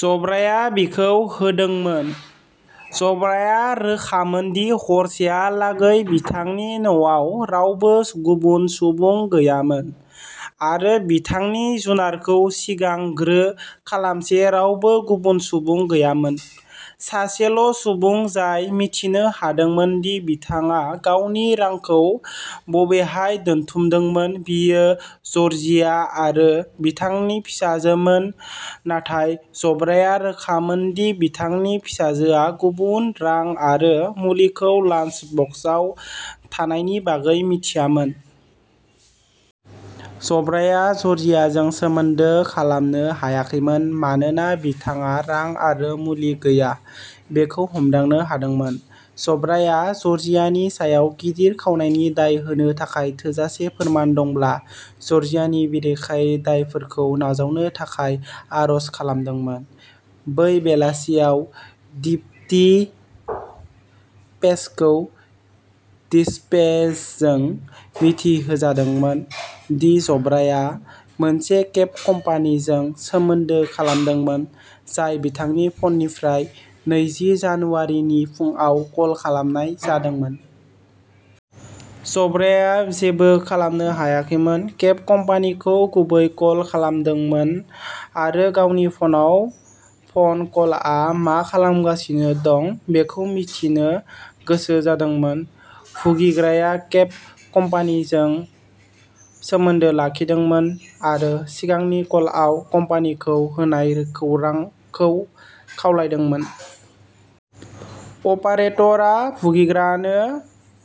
जब्राया बिखौ होदोंमोन। जब्राया रोखामोन दि हरसेहालागै बिथांनि न'आव रावबो गुबुन सुबुं गैयामोन आरो बिथांनि जुनारखौ सिगांग्रो खालामालासे रावबो गुबुन सुबुं गैयामोन। सासेल सुबुं जाय मिथिनो हादोंमोन दि बिथाङा गावनि रांखौ बबेहाय दोनथुमदोंमोन बियो जर्जिया आरो बिथांनि फिसाजोमोन नाथाय जब्राया रोखामोन दि बिथांनि फिसाजोआ गुबुन रां आरो मुलिखौ लान्स बक्सआव थानायनि बागै मिथियामोन। जब्राया जर्जियाजों सोमोन्दो खालामनो हायाखैमोन मानोना बिथाङा रां आरो मुलि गैया बेखौ हमदांनो हादोंमोन। जब्राया जर्जियानि सायाव गिदिर खावनायनि दाय होनो थाखाय थोजासे फोरमान दंब्ला जर्जियानि बेरेखायै दायफोरखौ नाजावनो थाखाय आर'ज खालामदोंमोन। बै बेलासियाव डिप्टी पेजखौ डिस्पेचजों मिथिहोजादोंमोन दि जब्राया मोनसे केब कम्पानिजों सोमोन्दो खालामदोंमोन जायखौ बिथांनि फ'ननिफ्राय नैजि जानुवारिनि फुंआव कल खालामनाय जादोंमोन। जब्राया जेबो खालामनो हायाखैमोन। केब कम्पानिखौ गुबै कल खालामदोंमोन आरो गावनि फनाव फन कलआ मा खालामगासिनो दं बेखौ मिथिनो गोसो जादोंमोन। भुगिग्राया केब कम्पानिजों सोमोन्दो लाखिदोंमोन आरो सिगांनि कलआव कम्पानिखौ होनाय खौरांखौ खावलायदोंमोन। अपारेटरआ भुगिग्रानो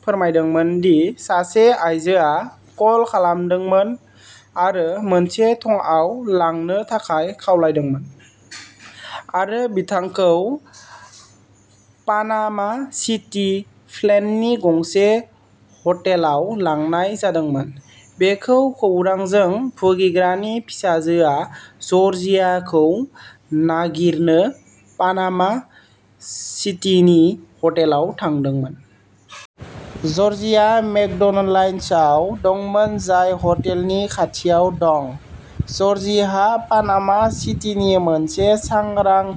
फोरमायदोंमोन दि सासे आइजोआ कल खालामदोंमोन आरो मोनसे थंआव लांनो थाखाय खावलायदोंमोन आरो बिथांखौ पानामा सिटि फ्लेननि गंसे हटेलाव लांनाय जादोंमोन। बे खौरांजों भुगिग्रानि फिसाजोआ जर्जियाखौ नागिरनो पानामा सिटीनि हटेलाव थांदोंमोन। जर्जिया मेकडोनाल्ड्सआव दंमोन जाय हटेलनि खाथियाव दं। जर्जियाहा पानामा सिटीनि मोनसे सांग्रां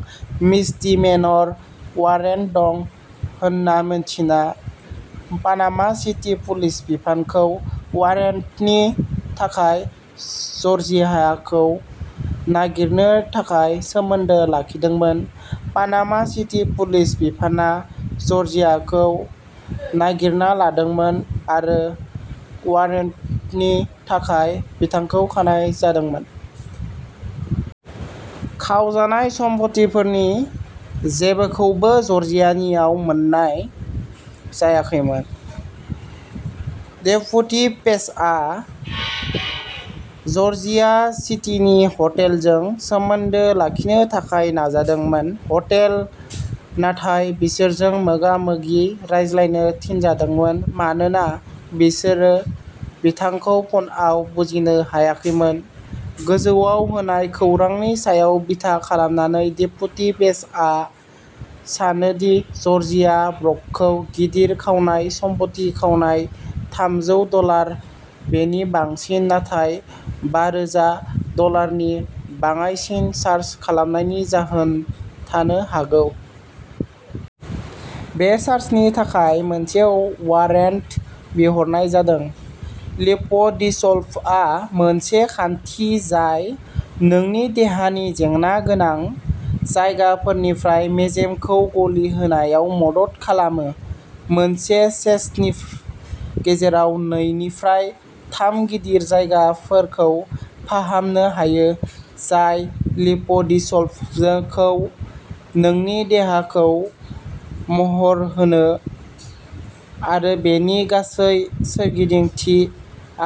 मिसडिमेनर वारेन्ट दं होन्ना मिन्थिना पानामा सिटी पुलिस बिफानखौ वारन्टनि थाखाय जर्जियाखौ नागिरनो थाखाय सोमोन्दो लाखिदोंमोन। पानामा सिटी पुलिस बिफानआ जर्जियाखौ नागिरना लादोंमोन आरो वारन्टनि थाखाय बिथांखौ खानाय जादोंमोन। खावजानाय सम्पथिफोरनि जेबोखौबो जर्जियानियाव मोन्नाय जायाखैमोन। डेप्युटी पेजआ जर्जिया सिटिनि हटेलजों सोमोन्दो लाखिनो थाखाय नाजादोंमोन। हटेल नाथाय बिसोरजों मोगामोगि रायज्लायनो थिनजादोंमोन मानोना बिसोरो बिथांखौ फनआव बुजिनो हायाखैमोन। गोजौआव होनाय खौरांनि सायाव बिथा खालामनानै डेप्युटी पेजआ सानो दि जर्जिया ब्रकखौ गिदिर खावनाय, सम्पथि खावनाय थामजौ डलार बेनि बांसिन नाथाय बारोजा डलारनि बाङाइसिन चार्ज खालामनायनि जाहोन थानो हागौ। बे चार्जनि थाखाय मोनसे वारेन्ट बिहरनाय जादों। लिप'डिसलभआ मोनसे खान्थि जाय नोंनि देहानि जेंना गोनां जायगाफोरनिफ्राय मेजेमखौ गलिहोनायाव मदद खालामो। मोनसे सेसनि गेजेराव नैनिफ्राय थाम गिदिर जायगाफोरखौ फाहामनो हायो। जाय लिप'डिसलभजोखौ नोंनि देहाखौ महर होनो आरो बेनि गासै सोरगिदिंथि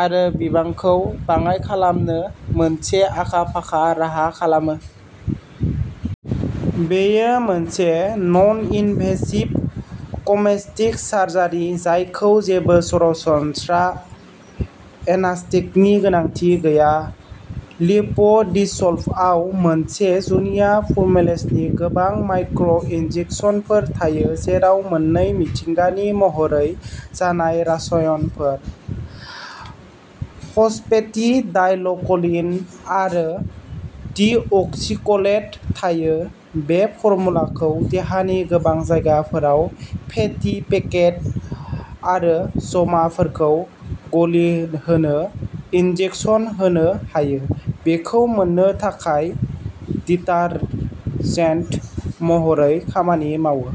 आरो बिबांखौ बाङाइ खालामनो मोनसे आखा-फाखा राहा खालामो। बेयो मोनसे ननइनभेसिभ कस्मेटिक सार्जारि जायखौ जेबो सरसनस्रा एनास्थेकनि गोनांथि गैया। लिप'डिसलभआव मोनसे जुनिया फर्मुलेसनि गोबां माइक्र'- इन्जेक्सनफोर थायो जेराव मोननै मिथिंगानि महरै जानाय रासयनफोर फस्फेटिडाइलक'लिन आरो डिअक्सिक'लेट थायो। बे फर्मुलाखौ देहानि गोबां जायगाफोराव फेटि पकेट आरो जमाफोरखौ गलिहोनो इन्जेकसन होनो हायो। बेखौ मोननो थाखाय डिटारजेन्ट महरै खामानि मावो।